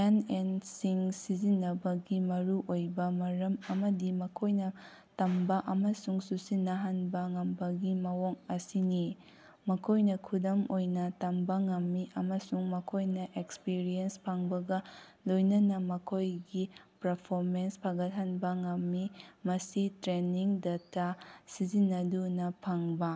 And N ꯁꯤꯡ ꯁꯤꯖꯤꯟꯅꯕꯒꯤ ꯃꯔꯨꯑꯣꯏꯕ ꯃꯔꯝ ꯑꯃꯗꯤ ꯃꯈꯣꯏꯅ ꯇꯝꯕ ꯑꯃꯁꯨꯡ ꯆꯨꯁꯤꯟꯅꯍꯟꯕ ꯉꯝꯕꯒꯤ ꯃꯑꯣꯡ ꯑꯁꯤꯅꯤ꯫ ꯃꯈꯣꯏꯅ ꯈꯨꯗꯝ ꯑꯣꯏꯅ ꯇꯝꯕ ꯉꯝꯃꯤ ꯑꯃꯁꯨꯡ ꯃꯈꯣꯏꯅ ꯑꯦꯛꯁꯄꯔꯤꯌꯦꯟꯁ ꯐꯪꯕꯒ ꯂꯣꯏꯅꯅ ꯃꯈꯣꯏꯒꯤ ꯄꯔꯐꯣꯃꯦꯟꯁ ꯐꯒꯠꯍꯟꯕ ꯉꯝꯃꯤ꯫ ꯃꯁꯤ ꯇꯔꯦꯅꯤꯡ ꯗꯦꯇꯥ ꯁꯤꯖꯤꯟꯅꯗꯨꯅ ꯐꯪꯕ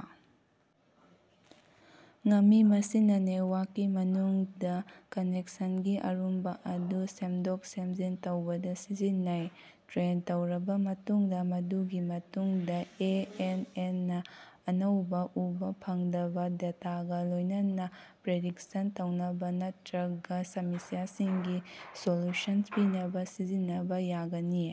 ꯉꯝꯃꯤ ꯃꯁꯤꯅ ꯅꯦꯠꯋꯥꯛꯀꯤ ꯃꯅꯨꯡꯗ ꯀꯅꯦꯛꯁꯟꯒꯤ ꯑꯔꯨꯝꯕ ꯑꯗꯨ ꯁꯦꯝꯗꯣꯛ ꯁꯦꯝꯖꯤꯟ ꯇꯧꯕꯗ ꯁꯤꯖꯤꯟꯅꯩ꯫ ꯇꯔꯦꯟ ꯇꯧꯔꯕ ꯃꯇꯨꯡꯗ ꯃꯗꯨꯒꯤ ꯃꯇꯨꯡꯗ ꯑꯦ ꯑꯦꯟ ꯑꯦꯟ ꯅ ꯑꯅꯧꯕ ꯎꯕ ꯐꯪꯗꯕ ꯗꯦꯇꯥꯒ ꯂꯣꯏꯅꯅ ꯄ꯭ꯔꯤꯗꯤꯛꯁꯟ ꯇꯧꯅꯕ ꯅꯠꯇ꯭ꯔꯒ ꯁꯃꯁꯤꯌꯥꯁꯤꯡꯒꯤ ꯁꯣꯂꯨꯁꯟ ꯄꯤꯅꯕ ꯁꯤꯖꯤꯟꯅꯕ ꯌꯥꯒꯅꯤ꯫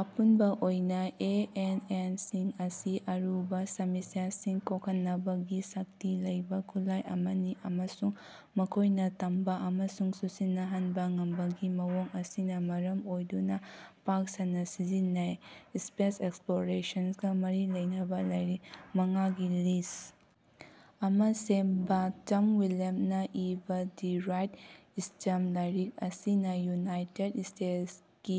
ꯑꯄꯨꯟꯕ ꯑꯣꯏꯅ ꯑꯦ ꯑꯦꯟ ꯑꯦꯟ ꯁꯤꯡ ꯑꯁꯤ ꯑꯔꯨꯕ ꯁꯃꯁꯤꯌꯥꯁꯤꯡ ꯀꯣꯛꯍꯟꯅꯕꯒꯤ ꯁꯛꯇꯤ ꯂꯩꯕ ꯈꯨꯠꯂꯥꯏ ꯑꯃꯅꯤ ꯑꯃꯁꯨꯡ ꯃꯈꯣꯏꯅ ꯇꯝꯕ ꯑꯃꯁꯨꯡ ꯆꯨꯁꯤꯟꯅꯍꯟꯕ ꯉꯝꯕꯒꯤ ꯃꯑꯣꯡ ꯑꯁꯤꯅ ꯃꯔꯝ ꯑꯣꯏꯗꯨꯅ ꯄꯥꯛ ꯁꯟꯅꯥꯁꯤꯖꯤꯟꯅꯩ꯫ ꯁꯄꯦꯁ ꯑꯦꯛꯁꯄꯂꯣꯔꯦꯁꯟꯒ ꯃꯔꯤ ꯂꯩꯅꯕ ꯂꯥꯏꯔꯤꯛ ꯃꯉꯥꯒꯤ ꯂꯤꯁ ꯑꯃ ꯁꯦꯝꯕ꯫ ꯇꯝ ꯋꯨꯜꯐꯅ ꯏꯕꯥ ꯗꯤ ꯔꯥꯏꯠ ꯁꯇꯞ ꯂꯥꯏꯔꯤꯛ ꯑꯁꯤꯅ ꯌꯨꯅꯥꯏꯇꯦꯠ ꯁꯇꯦꯠꯁꯀꯤ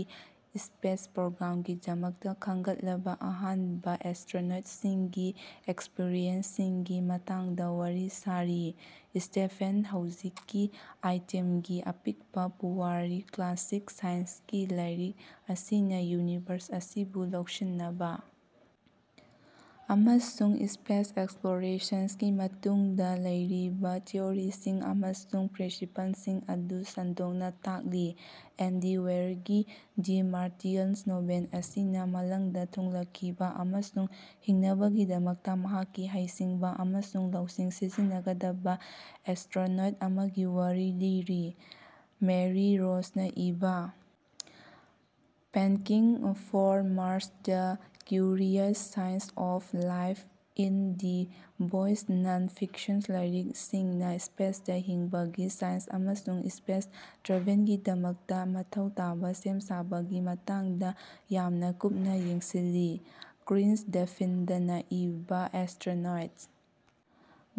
ꯁꯄꯦꯁ ꯄ꯭ꯔꯣꯒꯔꯥꯝꯒꯤꯗꯃꯛꯇ ꯈꯟꯒꯠꯂꯕ ꯑꯍꯥꯟꯕ ꯑꯦꯁꯇꯔꯣꯅꯣꯠꯁꯤꯡꯒꯤ ꯑꯦꯛꯁꯄꯔꯤꯌꯦꯟꯁꯁꯤꯡꯒꯤ ꯃꯇꯥꯡꯗ ꯋꯥꯔꯤ ꯁꯥꯔꯤ꯫ ꯁꯇꯦꯐꯦꯟ ꯍꯧꯖꯤꯛꯀꯤ ꯇꯥꯏꯝꯒꯤ ꯑꯄꯤꯛꯄ ꯄꯨꯋꯥꯔꯤ ꯀ꯭ꯂꯥꯁꯤꯛ ꯁꯥꯏꯟꯁꯀꯤ ꯂꯥꯏꯔꯤꯛ ꯑꯁꯤꯅ ꯌꯨꯅꯤꯚꯔꯁ ꯑꯁꯤꯕꯨ ꯂꯧꯁꯤꯅꯕ ꯑꯃꯁꯨꯡ ꯁꯄꯦꯁ ꯑꯦꯛꯁꯄꯂꯣꯔꯦꯁꯟꯁꯀꯤ ꯃꯇꯨꯡꯗ ꯂꯩꯔꯤꯕ ꯊꯤꯑꯣꯔꯤꯁꯤꯡ ꯑꯃꯁꯨꯡ ꯄ꯭ꯔꯤꯟꯁꯤꯄꯜꯁꯤꯡ ꯑꯗꯨ ꯁꯟꯗꯣꯛꯅ ꯇꯥꯛꯂꯤ꯫ ꯑꯦꯟꯗꯤ ꯋꯦꯏꯔꯒꯤ ꯗꯤ ꯃꯥꯔꯇꯤꯌꯟ ꯅꯣꯚꯦꯜ ꯑꯁꯤꯅ ꯃꯪꯂꯥꯟꯗ ꯊꯨꯡꯂꯈꯤꯕ ꯑꯃꯁꯨꯡ ꯍꯤꯡꯅꯕꯒꯤꯗꯃꯛꯇ ꯃꯍꯥꯛꯀꯤ ꯍꯩꯁꯤꯡꯕ ꯑꯃꯁꯨꯡ ꯂꯧꯁꯤꯡ ꯁꯤꯖꯤꯟꯅꯒꯗꯕ ꯑꯦꯁꯇꯔꯣꯅꯣꯠ ꯑꯃꯒꯤ ꯋꯥꯔꯤ ꯂꯤꯔꯤ꯫ ꯃꯦꯔꯤ ꯔꯣꯁꯅ ꯏꯕꯥ Packing for Mars the curious science of life in the void non fiction ꯂꯥꯏꯔꯤꯛ ꯑꯁꯤꯅ ꯁꯄꯦꯁꯇ ꯍꯤꯡꯕꯒꯤ ꯁꯥꯏꯟꯁ ꯑꯃꯁꯨꯡ ꯁꯄꯦꯁ ꯇ꯭ꯔꯥꯚꯦꯜꯒꯤꯗꯃꯛꯇ ꯃꯊꯧ ꯇꯥꯕ ꯁꯦꯝ ꯁꯥꯕꯒꯤ ꯃꯇꯥꯡꯗ ꯌꯥꯃꯅ ꯀꯨꯞꯅ ꯌꯦꯡꯁꯤꯜꯂꯤ꯫ ꯀ꯭ꯔꯤꯁ ꯍꯦꯗꯐꯤꯜꯗꯅ ꯏꯕꯥ astronaut's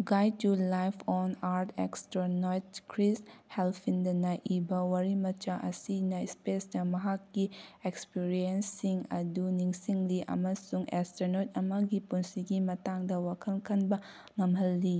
guide to life on art astronaut Chris ꯍꯦꯗꯐꯤꯜꯗꯅ ꯏꯕꯥ ꯋꯥꯔꯤꯃꯆꯥ ꯑꯁꯤꯅ ꯁꯄꯦꯁꯇ ꯃꯍꯥꯛꯀꯤ ꯑꯦꯛꯁꯄꯔꯤꯌꯦꯟꯁꯁꯤꯡ ꯑꯗꯨ ꯅꯤꯡꯁꯤꯡꯂꯤ ꯑꯃꯁꯨꯡ ꯑꯦꯁꯇꯔꯣꯅꯣꯠ ꯑꯃꯒꯤ ꯄꯨꯟꯁꯤꯒꯤ ꯃꯇꯥꯡꯗ ꯋꯥꯈꯜ ꯈꯟꯕ ꯉꯝꯍꯜꯂꯤ꯫